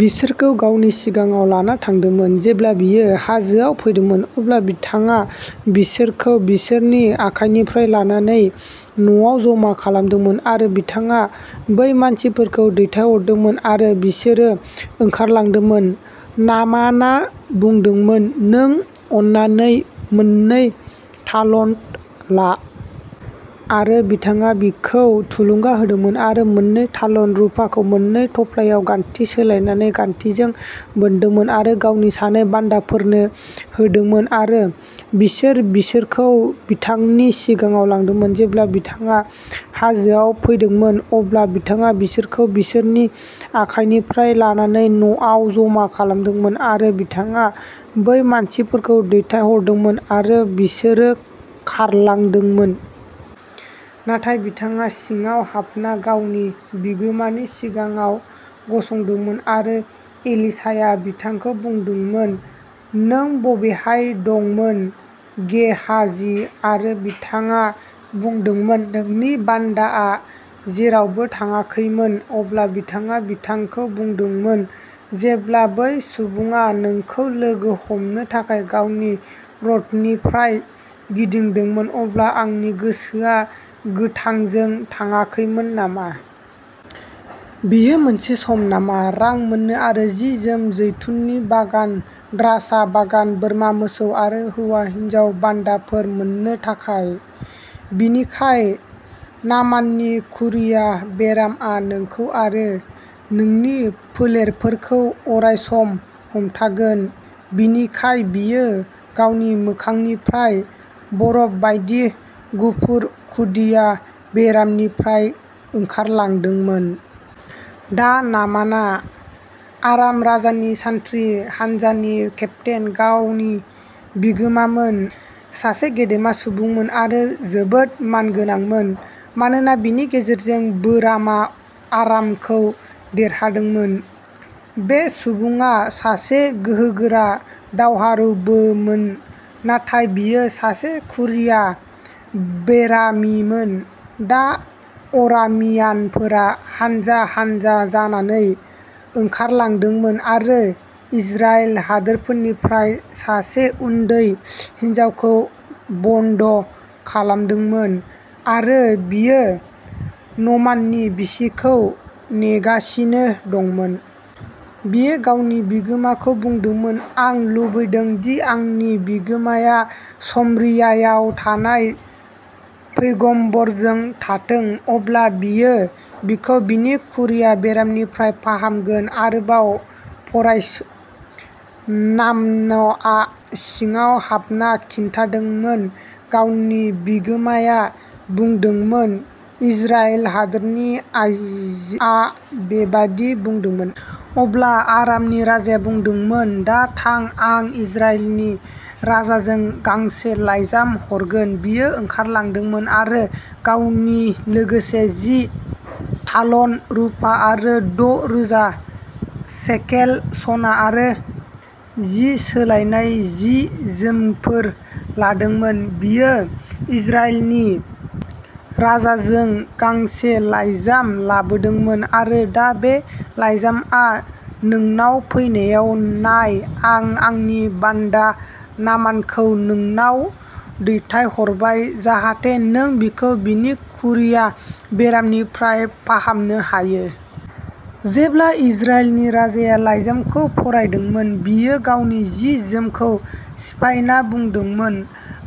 बिसोरखौ गावनि सिगाङाव लाना थांदोंमोन। जेब्ला बियो हाजोआव फैदोंमोन, अब्ला बिथाङा बिसोरखौ बिसोरनि आखाइनिफ्राय लानानै न'आव जमा खालामदोंमोन, आरो बिथाङा बै मानसिफोरखौ दैथायहरदोंमोन, आरो बिसोरो ओंखारलांदोंमोन। नामाना बुंदोंमोन, "नों अननानै मोननै तालन्त ला।" आरो बिथाङा बिखौ थुलुंगा होदोंमोन, आरो मोन्नै तालन्त रुफाखौ मोन्नै थफ्लायाव गान्थि सोलायनानै गान्थिजों बोनदोंमोन आरो गावनि सानै बान्दाफोरनो होदोंमोन आरो बिसोर बिसोरखौ बिथांनि सिगाङाव लांदोंमोन। जेब्ला बिथाङा हाजोआव फैदोंमोन, अब्ला बिथाङा बिसोरखौ बिसोरनि आखाइनिफ्राय लानानै न'आव जमा खालामदोंमोन, आरो बिथाङा बै मानसिफोरखौ दैथायहरदोंमोन, आरो बिसोरो खारलांदोंमोन। नाथाय बिथाङा सिङाव हाबना गावनि बिगोमानि सिगाङाव गसंदोंमोन आरो एलिशाया बिथांखौ बुंदोंमोन, "नों बबेहाय दंमोन, गेहाजी?" आरो बिथाङा बुंदोंमोन, "नोंनि बान्दाआ जेरावबो थाङाखैमोन।" अब्ला बिथाङा बिथांखौ बुंदोंमोन, जेब्ला बै सुबुङा नोंखौ लोगो हमनो थाखाय गावनि रथनिफ्राय गिदिंदोंमोन, अब्ला आंनि गोसोआ गोथांजों थाङाखैमोन नामा? बेयो मोनसे सम नामा? रां मोन्नो आरो जि जोम, जैतुननि बागान, द्राक्षा बागान, बोरमा मोसौ आरो हौवा हिन्जाव बान्दाफोर मोन्नो थाखाय? "बिनिखाय, नामाननि खुरिया बेरामआ नोंखौ आरो नोंनि फोलेरफोरखौ अरायसम हमथागोन।" बिनिखाय बियो गावनि मोखांनिफ्राय बरफ बायदि गुफुर खुदिया बेरामनिफ्राय ओंखारलांदोंमोन। दा नामाना, आराम राजानि सान्थ्रि हानजानि केप्तेन, गावनि बिगोमामोन सासे गेदेमा सुबुंमोन आरो जोबोद मानगोनांमोन, मानोना बिनि गेजेरजों बोरामा आरामखौ देरहादोंमोन। बे सुबुङा सासे गोहोगोरा दावहारुबोमोन, नाथाय बियो सासे खुरिया बेरामिमोन। दा अरामियानफोरा हान्जा हान्जा जानानै ओंखारलांदोंमोन आरो इजराइल हादोरनिफ्राय सासे उन्दै हिनजावखौ बन्द' खालामदोंमोन आरो बियो नमाननि बिसिखौ नेगासिनो दंमोन। बियो गावनि बिगोमाखौ बुंदोंमोन, "आं लुबैदों दि आंनि बिगोमाया सामरियायाव थानाय पैगम्बरजों थाथों। अब्ला बियो बिखौ बिनि खुरिया बेरामनिफ्राय फाहामगोन।" आरोबाव फराय। नामन'आ सिङाव हाबना खिन्थादोंमोन। गावनि बिगोमाया बुंदोंमोन, "इजराइल हादोरनि आइजोआ बेबादि बुंदोंमोन।" अब्ला आरामनि राजाया बुंदोंमोन, "दा थां, आं इजराइलनि राजाजों गांसे लाइजाम हरगोन।" बियो ओंखारलांदोंमोन आरो गावनि लोगोसे जि तालन्त रुपा आरो द' रोजा शेकेल सना आरो जि सोलायनाय जि जोमफोर लादोंमोन। बियो इजराइलनि राजाजों गांसे लाइजाम लाबोदोंमोन आरो दा बे लाइजामआ नोंनाव फैनायाव, नाय, आं आंनि बान्दा नामानखौ नोंनाव दैथायहरबाय, जाहाथे नों बिखौ बिनि खुरिया बेरामनिफ्राय फाहामनो हायो। जेब्ला इजराइलनि राजाया लाइजामखौ फरायदोंमोन, बियो गावनि जि जोमखौ सिफायना बुंदोंमोन,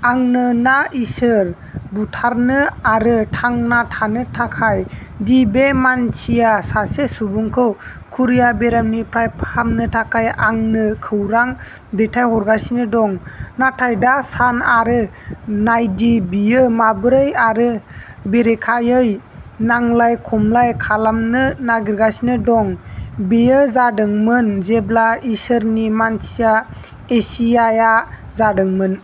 "आंनो ना इसोर, बुथारनो आरो थांना थानो थाखाय, दि बे मानसिया सासे सुबुंखौ खुरिया बेरामनिफ्राय फाहामनो थाखाय आंनो खौरां दैथायहरगासिनो दं? नाथाय दा सान आरो नायदि बियो माबोरै आरो बेरेखायै नांलाय खमलाय खालामनो नागिरगासिनो दं।" बेयो जादोंमोन जेब्ला इसोरनि मानसिया एसियाया जादोंमोन।